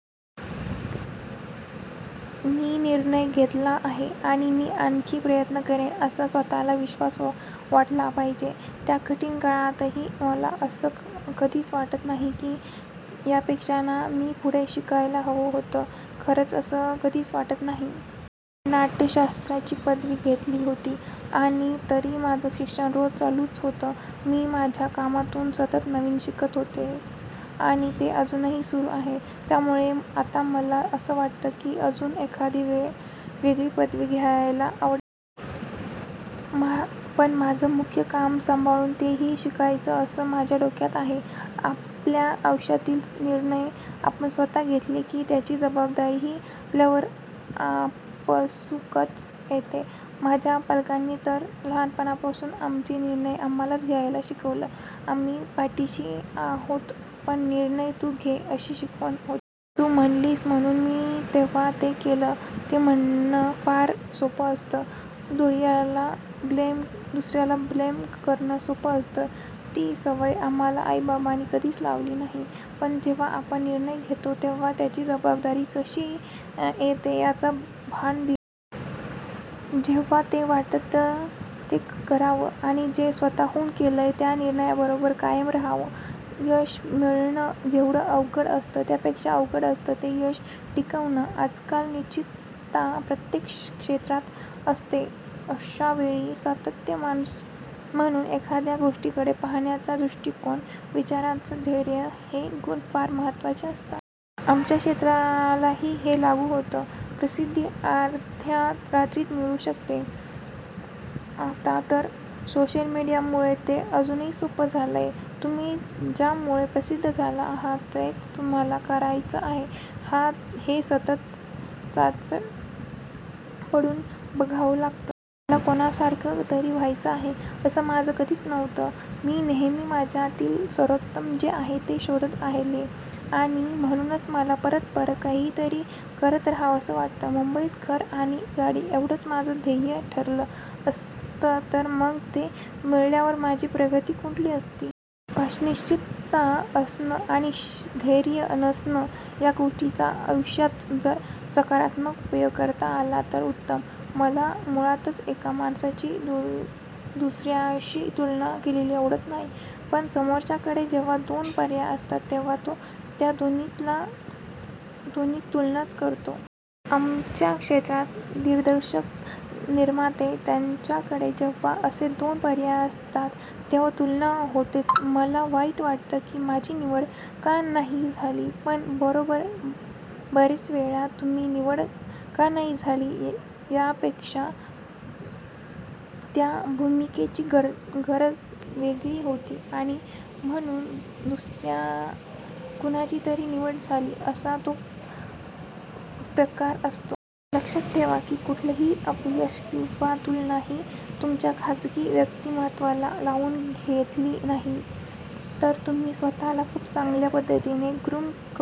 मी निर्णय घेतला आहे आणि मी आणखी प्रयत्न करेन, असा स्वतःला विश्वास वाटला पाहिजे. त्या कठीण काळातही मला असं कधीच वाटलं नाही की, की यापेक्षा ना, मी पुढे शिकायला हवं होतं. खरंच असं कधीच वाटलं नाही. मी नाट्यशास्त्राची पदवी घेतली होती आणि तरी माझं शिक्षण रोज चालूच होतं. मी माझ्या कामातून सतत नवीन शिकत होतेच आणि ते अजूनही सुरू आहेच. त्यामुळे आता मला असं वाटतंय की, अजून एखादी वेगळी पदवी घ्यायला आवडेल. पण माझं मुख्य काम सांभाळून तेही शिकायचं असं माझ्या डोक्यात आहे. आपल्या आयुष्यातील निर्णय आपण स्वत घेतले की, त्याची जबाबदारीही आपल्यावर आपसूकच येते. माझ्या पालकांनी तर लहानपणापासून आमचे निर्णय आम्हांला घ्यायला शिकवलं. आम्ही पाठीशी आहोत, पण निर्णय तू घे अशी शिकवण होती. तू म्हणालीस म्हणून मी तेव्हा ते केलं हे म्हणणं फार सोपं असतं. दुसर्याला ब्लेम करणं सोपं असतं. ती सवयच आम्हांला आई-बाबांनी कधी लावली नाही. पण जेव्हा आपण निर्णय घेतो तेव्हा त्याची जबाबदारी कशी येते याचं भान दिलं. जेव्हा जे वाटतं ते करावं आणि जे स्वतःहून केलंय त्या निर्णयाबरोबर कायम राहावं. यश मिळवणं जेवढं अवघड असतं त्यापेक्षा अवघड असतं ते यश टिकवणं. आजकाल अनिश्चितता प्रत्येक क्षेत्रात असते. अशावेळी सातत्य, माणूस म्हणून एखाद्या गोष्टीकडे पाहण्याचा दृष्टिकोन, विचारांचं स्थैर्य हे गुण फार महत्त्वाचे असतात. आमच्या क्षेत्रालाही हे लागू होतं. प्रसिद्धी अर्ध्या रात्रीत मिळू शकते आता तर सोशल मीडियामुळे ते अजूनच सोपं झालंय. तुम्ही ज्यामुळे प्रसिद्ध झाला आहात तेच तुम्हांला करायचं आहे का, हे सतत चाचपडून बघावं लागतं. मला कोणासारखं तरी व्हायचं आहे असं माझं कधीच नव्हतं. मी नेहमी माझ्यातील सर्वोत्तम जे आहे ते शोधत आले आणि म्हणून मला परत परत काहीतरी करत राहावंसं वाटतं. मुंबईत घर आणि गाडी एवढंच माझं ध्येय ठरलं असतं तर मग ते मिळाल्यावर माझी प्रगती खुंटली असती. अनिश्चितता असणं आणि स्थैर्य नसणं या गोष्टींचा आयुष्यात जर सकारात्मक उपयोग करता आला तर उत्तम. मला मुळातच एका माणसाची दुसर्याशी तुलना केलेली आवडत नाही. पण समोरच्याकडे जेव्हा दोन पर्याय असतात, तेव्हा तो त्या दोन्हीत तुलनाच करतो. आमच्या क्षेत्रात दिग्दर्शक निर्माते यांच्याकडे जेव्हा असे दोन पर्याय असतात तेव्हा तुलना होतेच. मला वाईट वाटायचं की, माझी निवड का नाही झाली पण बरेचवेळा तुमची निवड का नाही झाली यापेक्षा त्या भूमिकेची गरज वेगळी होती आणि म्हणून दुसर्या कुणाची तरी निवड झाली, असा तो प्रकार असतो. लक्षात ठेवा की, कुठलंही अपयश किंवा तुलना ही तुमच्या खाजगी व्यक्तिमत्त्वाला लावून घेतली नाहीत तर तुम्ही स्वतःला खूप चांगल्या पद्धतीने ग्रुम करू